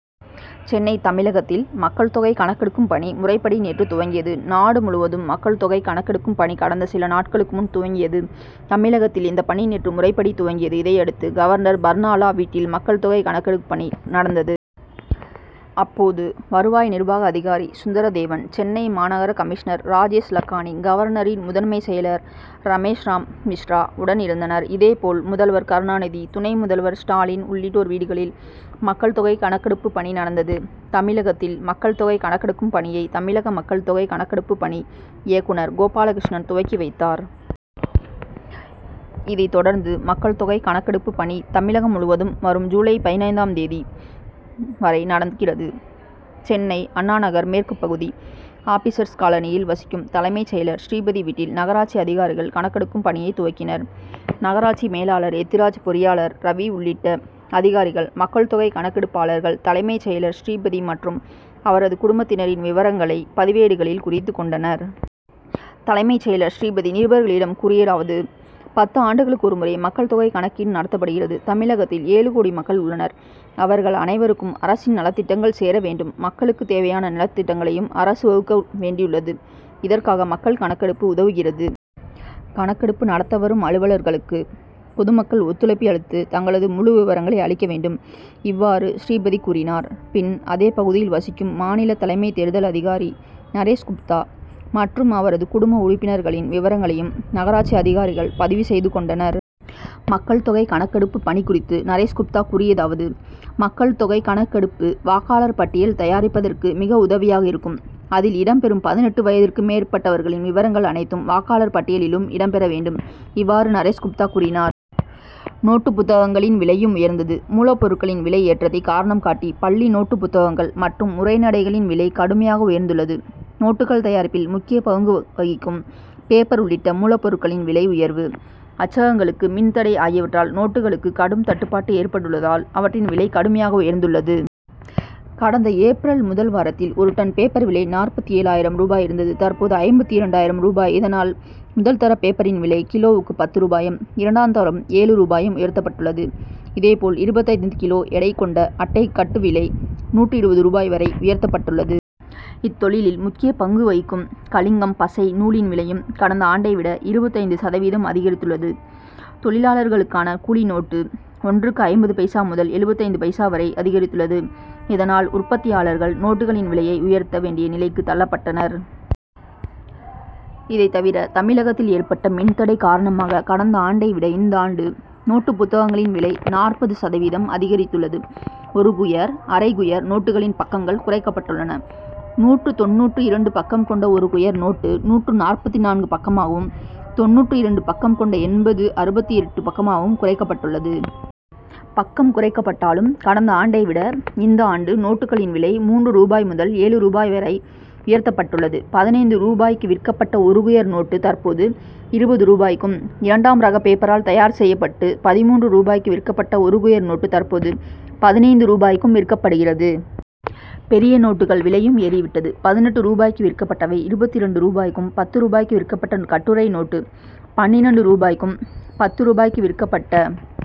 சென்னை தமிழகத்தில் மக்கள் தொகை கணக்கெடுக்கும் பணி, முறைப்படி நேற்று துவங்கியது. நாடு முழுவதும் மக்கள் தொகை கணக்கெடுக்கும் பணி கடந்த சில நாட்களுக்கு முன் துவங்கியது. தமிழகத்தில் இந்த பணி நேற்று முறைப்படி துவங்கியது. இதையடுத்து, கவர்னர் பர்னாலா வீட்டில் மக்கள் தொகை கணக்கெடுப்பு பணி நடந்தது. அப்போது வருவாய் நிர்வாக அதிகாரி சுந்தரதேவன், சென்னை மாநகர கமிஷனர் ராஜேஷ் லக்கானி, கவர்னரின் முதன்மைச் செயலர் ரமேஷ்ராம் மிஸ்ரா உடன் இருந்தனர். இதே போல் முதல்வர் கருணாநிதி, துணை முதல்வர் ஸ்டாலின் உள்ளிட்டோர் வீடுகளில் மக்கள் தொகை கணக்கெடுப்பு பணி நடந்தது. தமிழகத்தில் மக்கள் தொகை கணக்கெடுக்கும் பணியை, தமிழக மக்கள் தொகை கணக்கெடுப்பு பணி இயக்குனர் கோபாலகிருஷ்ணன் துவக்கி வைத்தார். இதைத் தொடர்ந்து மக்கள் தொகை கணக்கெடுப்பு பணி தமிழகம் முழுவதும் வரும் ஜூலை பதினைந்தாம் தேதி வரை நடக்கிறது. சென்னை அண்ணாநகர் மேற்கு பகுதி, ஆபீசர்ஸ் காலனியில் வசிக்கும் தலைமைச் செயலர் ஸ்ரீபதி வீட்டில் நகராட்சி அதிகாரிகள் கணக்கெடுக்கும் பணியை துவக்கினர். நகராட்சி மேலாளர் எத்திராஜ், பொறியாளர் ரவி உள்ளிட்ட அதிகாரிகள், மக்கள் தொகை கணக்கெடுப்பாளர்கள் தலைமைச் செயலர் ஸ்ரீபதி மற்றும் அவரது குடும்பத்தினரின் விவரங்களை, பதிவேடுகளில் குறித்துக் கொண்டனர். தலைமைச் செயலர் ஸ்ரீபதி, நிருபர்களிடம் கூறியதாவது: பத்து ஆண்டுக்கு ஒருமுறை மக்கள் தொகை கணக்கீடு நடத்தப்படுகிறது. தமிழகத்தில் ஏழு கோடி மக்கள் உள்ளனர். அவர்கள் அனைவருக்கும் அரசின் நலத்திட்டங்கள் சேர வேண்டும். மக்களுக்குத் தேவையான நலத்திட்டங்களையும் அரசு வகுக்க வேண்டியுள்ளது. இதற்காக, மக்கள் கணக்கெடுப்பு உதவுகிறது. கணக்கெடுப்பு நடத்த வரும் அலுவலர்களுக்கு பொதுமக்கள் ஒத்துழைப்பு அளித்து, தங்களது முழு விவரங்களை அளிக்க வேண்டும். இவ்வாறு ஸ்ரீபதி கூறினார். பின், அதே பகுதியில் வசிக்கும் மாநில தலைமைத் தேர்தல் அதிகாரி நரேஷ் குப்தா மற்றும் அவரது குடும்ப உறுப்பினர்களின் விவரங்களையும் நகராட்சி அதிகாரிகள் பதிவு செய்து கொண்டனர். மக்கள் தொகை கணக்கெடுப்பு பணி குறித்து நரேஷ் குப்தா கூறியதாவது: மக்கள் தொகை கணக்கெடுப்பு, வாக்காளர் பட்டியல் தயாரிப்பதற்கு மிக உதவியாக இருக்கும். அதில் இடம் பெறும் பதினெட்டு வயதிற்கு மேற்பட்டவர்களின் விவரங்கள் அனைத்தும், வாக்காளர் பட்டியலிலும் இடம் பெற வேண்டும். இவ்வாறு நரேஷ் குப்தா கூறினார். நோட்டுப் புத்தகங்களின் விலையும் உயர்ந்தது மூலப் பொருட்களின் விலை ஏற்றத்தை காரணம் காட்டி, பள்ளி நோட்டுப் புத்தகங்கள் மற்றும் உரைநடைகளின் விலை, கடுமையாக உயர்ந்துள்ளது. நோட்டுகள் தயாரிப்பில் முக்கிய பங்கு வகிக்கும் பேப்பர் உள்ளிட்ட மூலப் பொருட்களின் விலை உயர்வு, அச்சகங்களுக்கு மின் தடை ஆகியவற்றால், நோட்டுகளுக்கு கடும் தட்டுப்பாடு ஏற்பட்டுள்ளதால், அவற்றின் விலை கடுமையாக உயர்ந்துள்ளது. கடந்த ஏப்ரல் முதல் வாரத்தில், ஒரு டன் பேப்பர் விலை நாற்பத்து ஏழு ஆயிரம் ரூபாய் இருந்தது; தற்போது ஐம்பத்து இரண்டு ஆயிரம் ரூபாய். இதனால், முதல் தர பேப்பரின் விலை, கிலோவுக்கு பத்து ரூபாயும், இரண்டாம் தரம் ஏழு ரூபாயும் உயர்த்தப்பட்டுள்ளது. இதே போல், இருபத்தைந்து கிலோ எடை கொண்ட அட்டை கட்டு விலை, நூற்று இருபது ரூபாய் வரை உயர்த்தப்பட்டுள்ளது. இத்தொழிலில் முக்கிய பங்கு வகிக்கும் கலிங்கம், பசை, நூலின் விலையும், கடந்த ஆண்டை விட, இருபத்தைந்து சதவீதம் அதிகரித்துள்ளது. தொழிலாளர்களுக்கான, கூலி நோட்டு ஒன்றுக்கு ஐம்பது பைசா முதல் எழுபத்தைந்து பைசா வரை அதிகரித்துள்ளது. இதனால், உற்பத்தியாளர்கள், நோட்டுகளின் விலையை உயர்த்த வேண்டிய நிலைக்கு தள்ளப்பட்டனர். இவை தவிர, தமிழகத்தில் ஏற்பட்ட மின் தடை காரணமாக, கடந்த ஆண்டை விட இந்தாண்டு நோட்டுப் புத்தகங்களின் விலை, நாற்பது சதவீதம் அதிகரித்துள்ளது. ஒரு குயர், அரை குயர் நோட்டுகளின் பக்கங்கள் குறைக்கப்பட்டுள்ளன. நூற்று தொண்ணூற்று இரண்டு பக்கம் கொண்ட ஒரு குயர் நோட்டு, நூற்று நாற்பத்து நான்கு பக்கமாகவும், தொண்ணூற்று இரண்டு பக்கம் கொண்ட என்பது, அறுபத்து எட்டு பக்கமாகவும் குறைக்கப்பட்டுள்ளது. பக்கம் குறைக்கப்பட்டாலும், கடந்த ஆண்டை விட இந்த ஆண்டு நோட்டுகளின் விலை, மூன்று ரூபாய் முதல் ஏழு ரூபாய் வரை உயர்த்தப்பட்டுள்ளது. பதினைந்து ரூபாய்க்கு விற்கப்பட்ட ஒரு குயர் நோட்டு, தற்போது இருபது ரூபாய்க்கும், இரண்டாம் ரக பேப்பரால் தயார் செய்யப்பட்டு, பதின்மூன்று ரூபாய்க்கு விற்கப்பட்ட ஒரு குயர் நோட்டு, தற்போது பதினைந்து ரூபாய்க்கும் விற்கப்படுகிறது. பெரிய நோட்டுகள் விலையும் ஏறி விட்டது. பதினெட்டு ரூபாய்க்கு விற்கப்பட்டவை, இருபத்திரண்டு ரூபாய்க்கும், பத்து ரூபாய்க்கு விற்கப்பட்ட கட்டுரை நோட்டு, பன்னிரண்டு ரூபாய்க்கும், பத்து ரூபாய்க்கு விற்கப்பட்ட